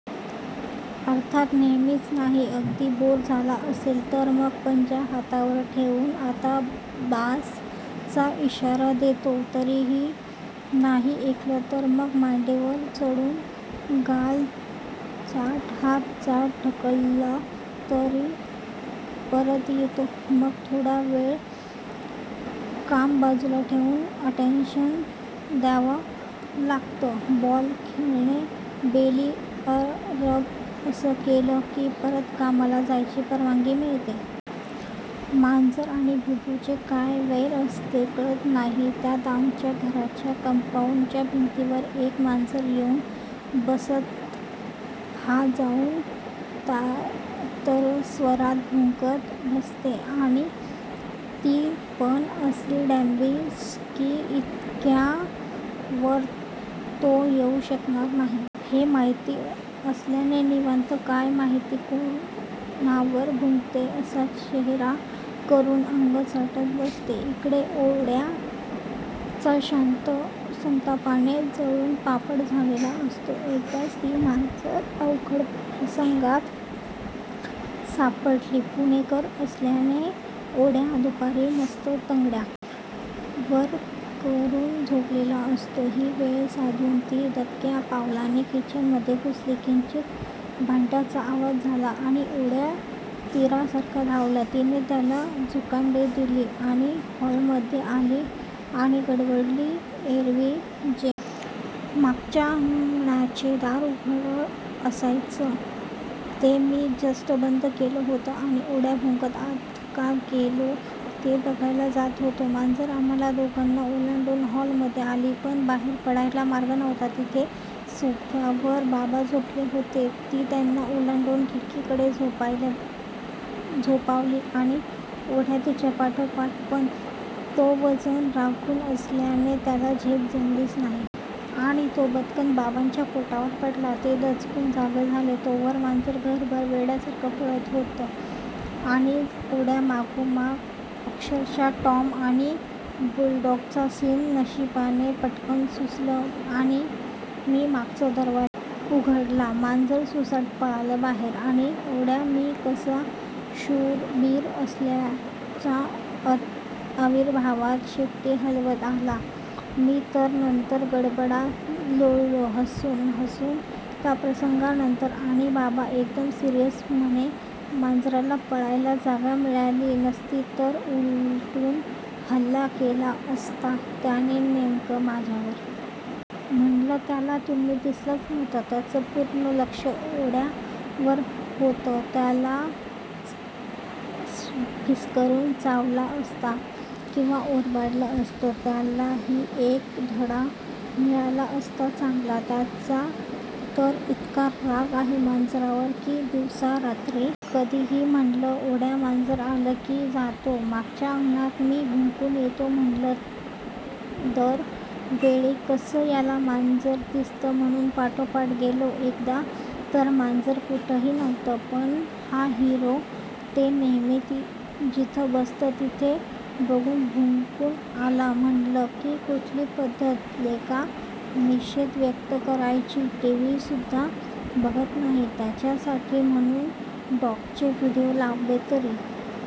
अर्थात नेहमीच नाही, अगदी बोर झाला असेल, तर मग पंजा हातावर ठेऊन आता बास चा इशारा देतो, तरीही नाही ऐकलं तर मग मांडीवर चढून गाल चाट, हात चाट ढकललं तरी परत येतो .मग थोडा वेळ काम बाजूला ठेऊन अटेंशन द्यावं लागत., बॉल खेळणे, बेली रब असलं केलं की परत कामाला जायची परवानगी मिळते. मांजर आणि भुभु चे काय वैर असते कळत नाही त्यात आमच्या घराच्या कंपाउंड च्या भिंतीवर एक मांजर येऊन बसत हा जाऊन तारस्वरात भुंकत बसतो. आणि ती पण असली डॅम्बिस की इतक्या वर तो येऊ शकणार नाही. हे माहिती असल्याने निवांत कायमहिती कोणावर भुंकतोय असा चेहरा करून अंग चाटत बसते इकडे ओड्या चा संतापाने जळून पापड झालेला असतो. एकदाच ती मांजर अवघड प्रसंगात सापडली पुणेकर असल्याने ओड्या दुपारी मस्त तंगड्या वर करून झोपलेला असतो ही वेळ साधून ती दबक्या पावलाने किचन मध्ये घुसली किंचित भांड्याचा आवाज झाला आणि ओड्या तिरासारखा धावला तिने त्याला झुकांडी दिली आणि हॉल मध्ये आली आणि गडबडली एरवी जे मागच्या अंगणाचे दार उघड असायचं ते मी जस्ट बंद केलं होतं आणि ओड्या भुंकत आत का गेलो ते बघायला जात होतो मांजर आम्हाला दोघांना ओलांडून हॉल मध्ये आली पण बाहेर पडायला मार्ग नव्हता तिथेच सोफ्यावर बाबा झोपले होते ती त्यांना ओलांडून खिडकीकडे झेपावली आणि ओड्या तिच्यापाठोपाठ पण तो वजन राखून असल्याने त्याला झेप जमलीच नाही. आणि तो बदकन बाबांच्या पोटावर पडला ते दचकून जागे झाले तोवर मांजर घरभर वेड्यासारखं पळत होत. आणि ओड्या मागोमाग अक्षरशः टॉम आणि ते बुलडॉग चा सिन नशिबाने पटकन सुचलं आणि मी मागचा दरवाजा उघडला मांजर सुसाट पळालं बाहेर आणि ओड्या मी कसा शूरबीर असल्याच्या अविर्भावात शेपटी हलवत आला मी तर नंतर गडाबडा लोळलो हसून हसून त्या प्रसंगानंतर आणि बाबा एकदम सिरीयस, म्हणे मांजराला पळायला जागा मिळाली नसती तर उलटून हल्ला केला असता त्याने नेमकं माझ्यावर. म्हणलं त्याला तुम्ही दिसलाच नव्हता, त्याचं पूर्ण लक्ष ओड्या वर होतं त्यालाच फिस्करून चावला असतं किंवा ओरबडल असतं. त्यालाही एक धडा मिळाला असता चांगला त्याचा तर इतका राग आहे .मांजरावर की दिवसा रात्री कधीही म्हणलं, ओड्या मांजर आलं की जातो मागच्या अंगणात आणि भुंकून येतो म्हणलं दर वेळी कसं याला मांजर दिसतं म्हणून पाठोपाठ गेलो एकदा तर मांजर कुठंही नव्हतं पण हा हिरो ते नेहमी जिथं बसतं तिथे बघून भुंकून आला म्हणलं की कुठली पद्धत लेका निषेध व्यक्त करायची टीव्ही सुद्धा बघत नाही. त्याच्यासाठी म्हणून डॉग चे व्हीडिओ लावले तरी